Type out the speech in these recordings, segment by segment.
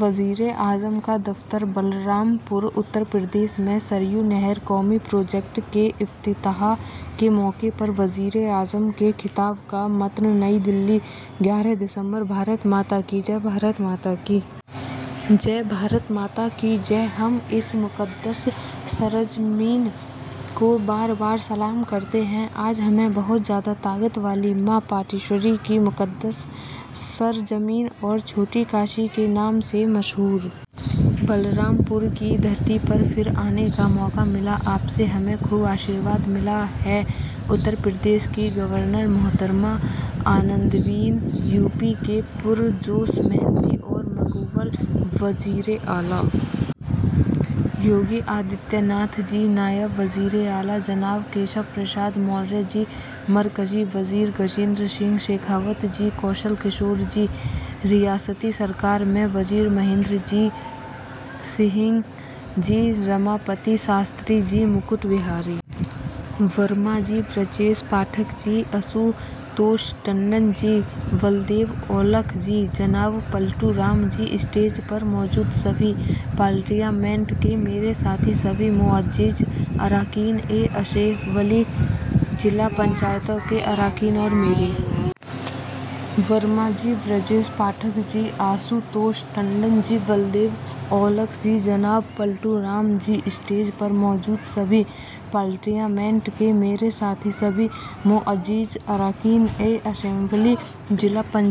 وزیراعظم کا دفتر بلرام پور اتر پردیش میں سریو نہر قومی پروجیکٹ کے افتتاح کے موقع پر وزیراعظم کے خطاب کا متن نئی دہلی گیارہ دسمبر بھارت ماتا کی جئے بھارت ماتا کی جئے بھارت ماتا کی جئے ہم اس مقدس سرزمین کا بار بار سلام کرتے ہیں آج ہمیں بہت زیادہ طاقت والی ماں پاٹیشوری کی مقدس سرزمین اور چھوٹی کاشی کے نام سے مشہور بلرام پور کی دھرتی پر پھر آنے کا موقع ملا آپ سے ہمیں خوب آشیرواد ملا ہے اتر پردیش کی گورنر محترمہ آنندی بین یو پی کے پرجوش محنتی اور مقبول وزیر اعلیٰ یوگی آدتیہ ناتھ جی نائب وزیر اعلیٰ جناب کیشور پرساد موریا جی مرکزی وزیر گجیندر سنگھ شیخاوت جی کوشل کشور جی ریاستی سرکار میں وزیر مہندر سنگھ جی رماپتی شاستری جی مکٹ بہاری ورما جی برجیش پاٹھک جی آشوتوش ٹنڈن جی بلدیو اولاکھ جی جناب پلٹو رام جی اسٹیج پر موجود سبھی پارلیمنٹ کے میرے ساتھی سبھی معزز اراکین اسمبلی ضلع پنچایتوں کے اراکین اور میرے پیارے بھائیوں اور بہنو انقلابیوں کی اس سرزمین نے ملک کی جدوجہد آزادی میں اپنا غیر معمولی تعاون دیا ہے راجا دیوی بخش سنگھ راجا کرشن دت رام اور پرتھوی بال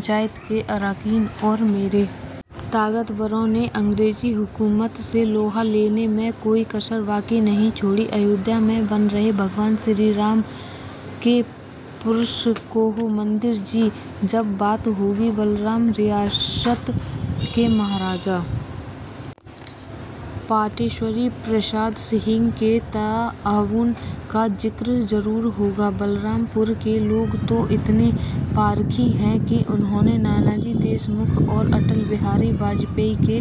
سنگھ جیسے طاقتوروں نے انگریزی حکومت سے لوہا لینے میں کوئی کسر باقی نہیں چھوڑی تھی اجودھیا میں بن رہے بھگوان شری رام کے پرشکوہ مندر کی جب بات ہوگی بلرام پور ریاست کے مہاراجا پاٹیشوری پرساد سنگھ کے تعاون کا ذکر ضرور ہوگا بلرام پور کے لوگ تو اتنے پارکھی ہیں کہ انہوں نے نانا جی دیشمکھ اور اٹل بہاری واجپئی کے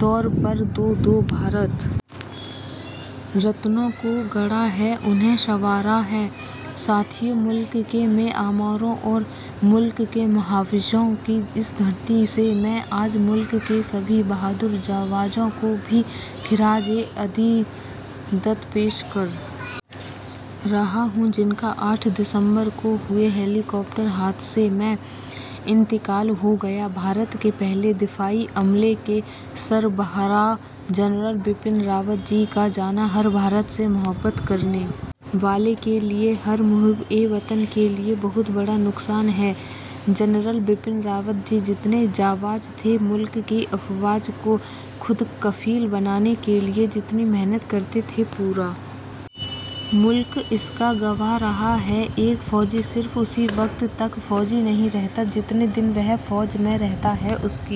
طور پر دو دو بھارت رتنوں کو گڑھا ہے انہیں سنوارا ہے ساتھیو ملک کے معماروں اور ملک کے محافظوں کی اس دھرتی سے میں آج ملک کے ان سبھی بہادر جانبازوں کو بھی خراج عقیدت پیش کر رہا ہوں جن کا آٹھ دسمبر کو ہوئے ہیلی کاپٹر حادثے میں انتقال ہو گیا بھارت کے پہلے دفاعی عملے کے سربراہ جنرل بپن راوت جی کا جانا ہر بھارت سے محبت کرنے والے کے لیے ہر محب وطن کے لیے بہت بڑا نقصان ہے جنرل بپن راوت جی جتنے جانباز تھے ملک کی افواج کو خود کفیل بنانے کے لیے جتنی محنت کرتے تھے پورا ملک اس کا گواہ رہا ہے ایک فوجی صرف اسی وقت تک فوجی نہیں رہتا جتنے دن وہ فوج میں رہتا ہے اس کی